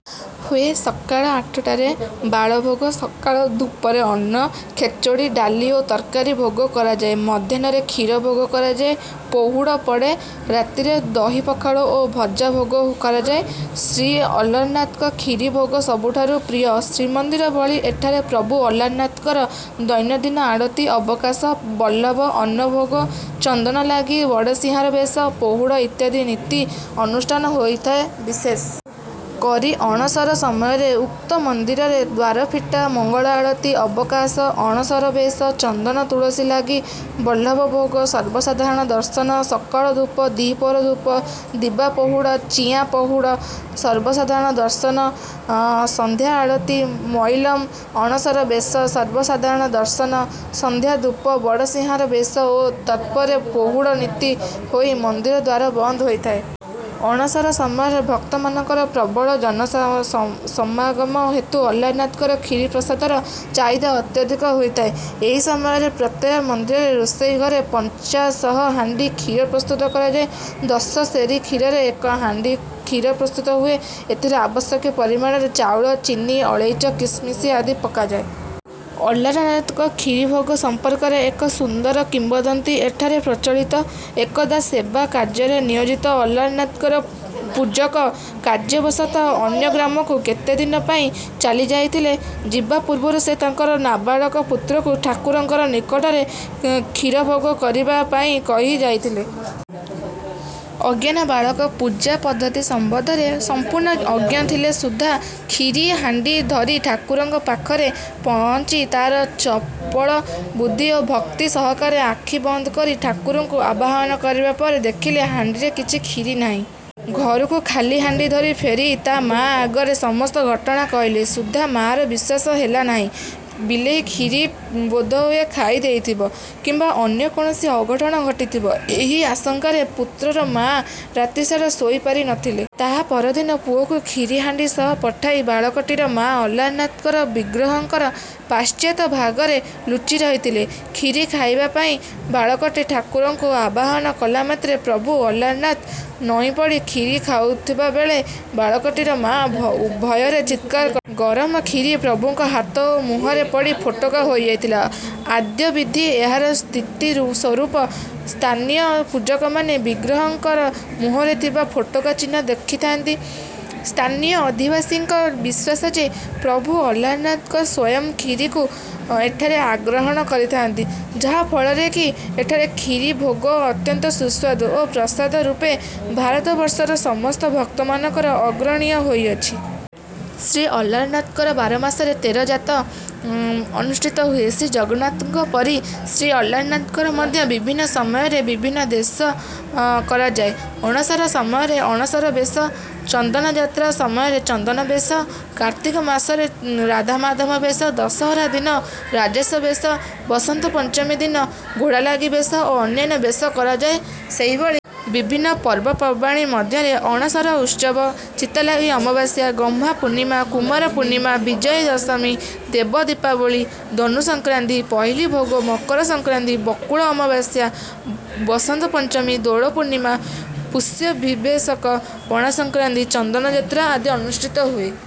ହୁଏ। ସକାଳ ଆଠଟାରେ ବାଳଭୋଗ, ସକାଳ ଧୂପରେ ଅନ୍ନ, ଖେଚେଡ଼ି, ଡାଲି ଓ ତରକାରୀ ଭୋଗ କରାଯାଏ। ମାଧ୍ୟାହ୍ନରେ କ୍ଷୀର ଭୋଗ କରାଯାଇ ପୋହୁଡ଼ ପଡ଼େ। ରାତିରେ ଦହି ପଖାଳ ଓ ଭଜା ଭୋଗ କରାଯାଏ। ଶ୍ରୀଅଲାରନାଥଙ୍କ କ୍ଷୀରି ଭୋଗ ସବୁଠାରୁ ପ୍ରିୟ। ଶ୍ରୀମନ୍ଦିର ଭଳି ଏଠାରେ ପ୍ରଭୁ ଅଲାରନାଥଙ୍କ ଦୈନନ୍ଦିନ ଆଳତି, ଅବକାଶ, ବଲ୍ଲଭ, ଅନ୍ନଭୋଗ, ଚନ୍ଦନ ଲାଗି, ବଡ଼ସିଂହାର ବେଶ, ପୋହୁଡ଼ ଇତ୍ୟାଦି ନୀତି ଆବୁଷ୍ଠାନ ହୋଇଥାଏ। ବିଶେଷ କରି ଅଣସର ସମୟରେ ଉକ୍ତ ମନ୍ଦିରରେ ଦ୍ୱାର ଫିଟା, ମଙ୍ଗଳ ଆରତୀ, ଅବକାଶ, ଅଣସର ବେଶ, ଚନ୍ଦନ ତୁଳସୀ ଲାଗି, ବଲ୍ଲଭ ଭୋଗ, ସର୍ବସାଧାରଣ ଦର୍ଶନ, ସକାଳ ଧୂପ, ଦ୍ୱିପହର ଧୂପ, ଦିବା ପହୁଡ଼, ଚିଆଁ ପହୁଡ଼, ସର୍ବସାଧାରଣ ଦର୍ଶନ, ସନ୍ଧ୍ୟା ଆଳତି, ମଇଲମ, ଅଣସର ବେଶ, ସର୍ବସାଧାରଣ ଦର୍ଶନ, ସନ୍ଧ୍ୟା ଧୂପ, ବଡ଼ସିଂହାର ବେଶ ଓ ତତ୍ପରେ ପୋହୁଡ଼ ନୀତି ହୋଇ ମନ୍ଦିର ଦ୍ୱାର ବନ୍ଦ ହୋଇଥାଏ। ଅଣସର ସମୟରେ ଭକ୍ତମାନଙ୍କର ପ୍ରବଳ ଜନସମାଗମ ହେତୁ ଅଲାରନାଥଙ୍କ କ୍ଷୀରି ପ୍ରସାଦର ଚାହିଦା ଅତ୍ୟଧିକ ହୋଇଥାଏ। ଏହି ସମୟରେ ପ୍ରତ୍ୟହ ମନ୍ଦିରର ରୋଷଘରେ ପଞ୍ଚାଶ ହାଣ୍ଡି କ୍ଷୀରି ପ୍ରସ୍ତୁତ ହୋଇଥାଏ। ଦଶ ସେରି କ୍ଷୀରରେ ଏକ ହାଣ୍ଡି କ୍ଷୀରି ପ୍ରସ୍ତୁତ ହୁଏ। ଏଥିରେ ଆବଶ୍ୟକ ପରିମାଣର ଚାଉଳ, ଚିନି, ଅଳେଇଚ, ଖିସମିସ ଇତ୍ୟାଦି ପକାଯାଏ। ଅଲାରନାଥଙ୍କ କ୍ଷୀରିଭୋଗ ସମ୍ପର୍କରେ ଏକ ସୁନ୍ଦର କିମ୍ବଦନ୍ତୀ ଏଠାରେ ପ୍ରଚଳିତ। ଏକଦା ସେବା କାର୍ଯ୍ୟରେ ନିୟୋଜିତ ଅଲାରନାଥଙ୍କ ପୂଜକ କାର୍ଯ୍ୟବଶତଃ ଅନ୍ୟ ଗ୍ରାମକୁ କେତେଦିନ ପାଇଁ ଚାଲିଯାଇଥିଲେ। ଯିବା ପୂର୍ବରୁ ସେ ତାଙ୍କର ନାବାଳକ ପୁତ୍ରକୁ ଠାକୁରଙ୍କ ନିକଟରେ କ୍ଷୀରିଭୋଗ କରିବା ପାଇଁ କହି ଯାଇଥିଲେ। ଅଜ୍ଞାନ ବାଳକ ପୂଜା ପଦ୍ଧତି ସମ୍ବନ୍ଧରେ ସମ୍ପୂର୍ଣ୍ଣ ଅଜ୍ଞ ଥିଲେ ସୁଦ୍ଧା କ୍ଷୀରି ହାଣ୍ଡି ଧରି ଠାକୁରଙ୍କ ପାଖରେ ପହଞ୍ଚି ତାର ଚପଳ ବୁଦ୍ଧି ଓ ଭକ୍ତି ସହକାରେ ଆଖି ବନ୍ଦ କରି ଠାକୁରଙ୍କୁ ଆବାହନ କରିବା ପରେ ଦେଖିଲା ହାଣ୍ଡିରେ କିଛି କ୍ଷୀରି ନାହିଁ। ଘରକୁ ଖାଲି ହାଣ୍ଡି ଧରି ଫେରି ତା' ମା' ଆଗରେ ସମସ୍ତ ଘଟଣା କହିଲେ ସୁଦ୍ଧା ମା'ର ବିଶ୍ୱାସ ହେଲା ନାହିଁ। ବିଲେଇ କ୍ଷୀରି ବୋଧହୁଏ ଖାଇ ଦେଇଥିବ କିମ୍ବା ଅନ୍ୟ କୌଣସି ଅଘଟଣ ଘଟିଥିବ, ଏହି ଆଶଙ୍କାରେ ପୁତ୍ରର ମା' ରାତ୍ରିସାରା ଶୋଇ ପାରି ନ ଥିଲେ। ତା' ପରଦିନ ପୁଅକୁ କ୍ଷୀରି ହାଣ୍ଡି ସହ ପଠାଇ ବାଳକଟିର ମାଆ ଅଲାରନାଥ ବିଗ୍ରହଙ୍କର ପଶ୍ଚାତ୍ ଭାଗରେ ଲୁଚି ରହିଥିଲେ। କ୍ଷୀରି ଖାଇବା ପାଇଁ ବାଳକଟି ଠାକୁରଙ୍କୁ ଆବାହନ କଲା ମାତ୍ରେ, ପ୍ରଭୁ ଅଲାରନାଥ ନଇଁ ପଡ଼ି କ୍ଷୀରି ଖାଉଥିବା ବେଳେ ବାଳକଟିର ମା' ଭୟରେ ଚିତ୍କାର କ। ଗରମ କ୍ଷୀରି ପ୍ରଭୁଙ୍କ ହାତ ଓ ମୁହଁରେ ପଡ଼ି ଫୋଟକା ହୋଇଯାଇଥିଲା। ଅଦ୍ୟାବଧି ଏହାର ସ୍ମୃତି ସ୍ୱରୂପ ସ୍ଥାନୀୟ ପୂଜକମାନେ ବିଗ୍ରହଙ୍କର ମୁହଁରେ ଥିବା ଫୋଟକା ଚିହ୍ନ ଦେଖାଇଥାନ୍ତି। ସ୍ଥାନୀୟ ଅଧିବାସୀଙ୍କ ବିଶ୍ୱାସ ଯେ, ପ୍ରଭୁ ଅଲାରନାଥ ସ୍ୱୟଂ କ୍ଷୀରିକୁ ଏଠାରେ ଆଘ୍ରାହଣ କରିଥାଆନ୍ତି, ଯାହାଫଳରେ କି ଏଠାରେ କ୍ଷୀର ଭୋଗ ଅତ୍ୟନ୍ତ ସୁସ୍ୱାଦୁ ଓ ପ୍ରସାଦ ରୂପେ ଭାରତବର୍ଷର ସମସ୍ତ ଭକ୍ତମାନଙ୍କ ଗ୍ରହଣୀୟ ହୋଇଛି। ଶ୍ରୀ ଅଲାରନାଥଙ୍କ ବାରମାସରେ ତେର ଯାତ ଅନୁଷ୍ଠିତ ହୁଏ। ଶ୍ରୀ ଜଗନ୍ନାଥଙ୍କ ପରି ଶ୍ରୀ ଅଲାରନାଥଙ୍କର ମଧ୍ୟ ବିଭିନ୍ନ ସମୟରେ ବିଭିନ୍ନ ଦେଶ କରାଯାଏ। ଅଣସର ସମୟରେ ଅଣସର ବେଶ, ଚନ୍ଦନ ଯାତ୍ରା ସମୟରେ ଚନ୍ଦନ ବେଶ, କାର୍ତ୍ତିକ ମାସରେ ରାଧାଦାମୋଦର ବେଶ, ଦଶହରା ଦିନ ରାଜବେଶ, ବସନ୍ତ ପଞ୍ଚମୀ ଦିନ ଘୋଡ଼ାଲାଗି ବେଶ ଓ ଅନ୍ୟାନ୍ୟ ବେଶ କରାଯାଏ। ସେହିଭଳି ବିଭିନ୍ନ ପର୍ବପର୍ବାଣି ମଧ୍ୟରେ ଅଣସର ଉତ୍ସବ, ଚିତାଲାଗି ଅମାବାସ୍ୟା, ଗହ୍ମାପୂର୍ଣ୍ଣିମା, କୁମାର ପୂର୍ଣ୍ଣିମା, ବିଜୟା ଦଶମୀ, ଦେବ ଦୀପାବଳୀ, ଧନୁ ସଂକ୍ରାନ୍ତି, ପହିଲି ଭୋଗ, ମକର ସଂକ୍ରାନ୍ତି, ବକୁଳ ଅମାବାସ୍ୟା, ବସନ୍ତ ପଞ୍ଚମୀ, ଦୋଳ ପୂର୍ଣ୍ଣିମା, ପୁଷ୍ୟାଭିଭେଷକ, ପଣାସଂକ୍ରାନ୍ତି, ଚନ୍ଦନ ଯାତ୍ରା ଆଦି ଅନୁଷ୍ଠିତ ହୁଏ।